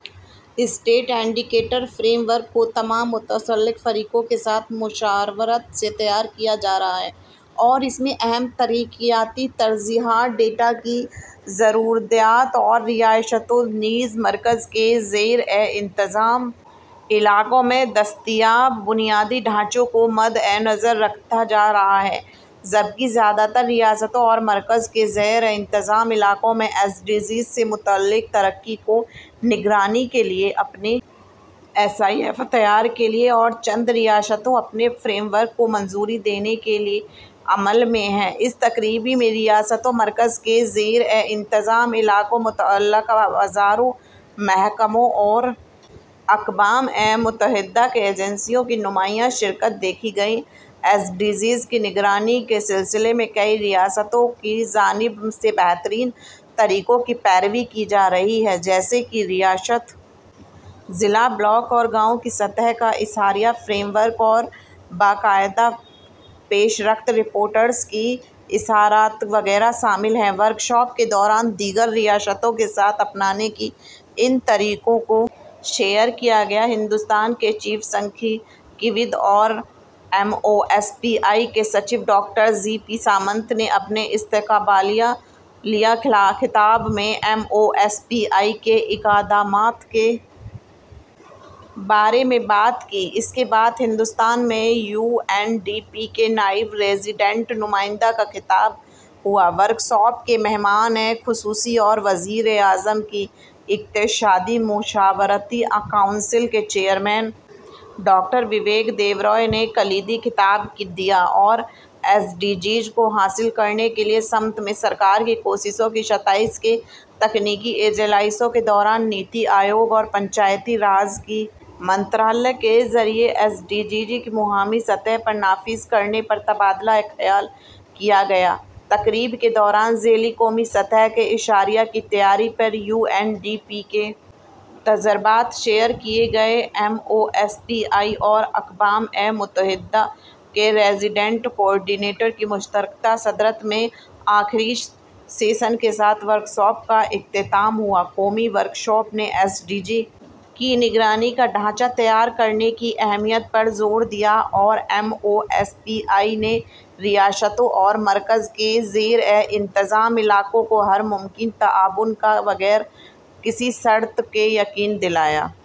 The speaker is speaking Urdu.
اسٹیٹ انڈیکیٹر فریم ورک کو تمام متعلقہ فریقوں کے ساتھ مشاورت سے تیار کیا جا رہا ہے اور اس میں اہم ترقیاتی ترجیحات ڈیٹا کی ضروریات اور ریاستوں نیز مرکز کے زیر انتظام علاقوں میں دستیاب بنیادی ڈھانچے کو مدنظر رکھا جا رہا ہے جبکہ زیادہ تر ریاستوں اور مرکز کے زیر انتظام علاقوں نے ایس ڈی جیز سے متعلق ترقی کی نگرانی کے لیے اپنے ایس آئی ایف تیار کر لیے ہیں اور چند ریاستیں اپنے فریم ورک کو منظوری دینے کے عمل میں ہیں اس تقریب میں ریاستوں مرکز کے زیر انتظام علاقوں متعلقہ وزارتوں محکموں اور اقوام متحدہ کی ایجنسیوں کی نمایاں شرکت دیکھی گئی ایس ڈی جیز کی نگرانی کے سلسلے میں کئی ریاستوں کی جانب سے بہترین طریقوں کی پیروی کی جا رہی ہے جیسے کہ ریاست ضلع بلاک اور گاؤں کی سطح کا اشاریہ فریم ورک اور باقاعدہ پیش رفت رپورٹس کی اشاعت وغیرہ شامل ہیں ورکشاپ کے دوران دیگر ریاستوں کے ساتھ اپنانے کے لیے ان طریقوں کو شیئر کیا گیا ہندوستان کے چیف شماریات دان اور M O S P I کے secretary doctor G P Samant نے اپنے استقبالیہ خطاب میں M O S P I کے اقدامات کے بارے میں بات کی اس کے بعد ہندوستان میں یو این ڈی پی کے نائب ریذیڈنٹ نمائندے کا خطاب ہوا ورکشاپ کے مہمان خصوصی اور وزیر اعظم کی اقتصادی مشاورتی کونسل کے چیئرمین ڈاکٹر بیبیک دیبرائے نے کلیدی خطبہ دیا اور ایس ڈی جیز کو حاصل کرنے کی سمت میں حکومت کی کوششوں کی ستائش کی تکنیکی اجلاسوں کے دوران نیتی آیوگ اور پنچایتی راج کی وزارت کے ذریعہ ایس ڈی جیز کو مقامی سطح پر نافذ کرنے پر تبادلہ خیال کیا گیا تقریب کے دوران ذیلی قومی سطح کے اشاریہ کی تیاری پر یو این ڈی پی کے تجربات شیئر کیے گئے M O S P I اور اقوام متحدہ کے ریزیڈنٹ کوآرڈینیٹر کی مشترکہ صدارت میں آخری سیشن کے ساتھ ورکشاپ کا اختتام ہوا قومی ورکشاپ نے ایس ڈی جی کی نگرانی کا ڈھانچہ تیار کرنے کی اہمیت پر زور دیا اور M O S P I نے ریاستوں اور مرکز کے زیر انتظام علاقوں کو ہر ممکن تعاون کا یقین دلایا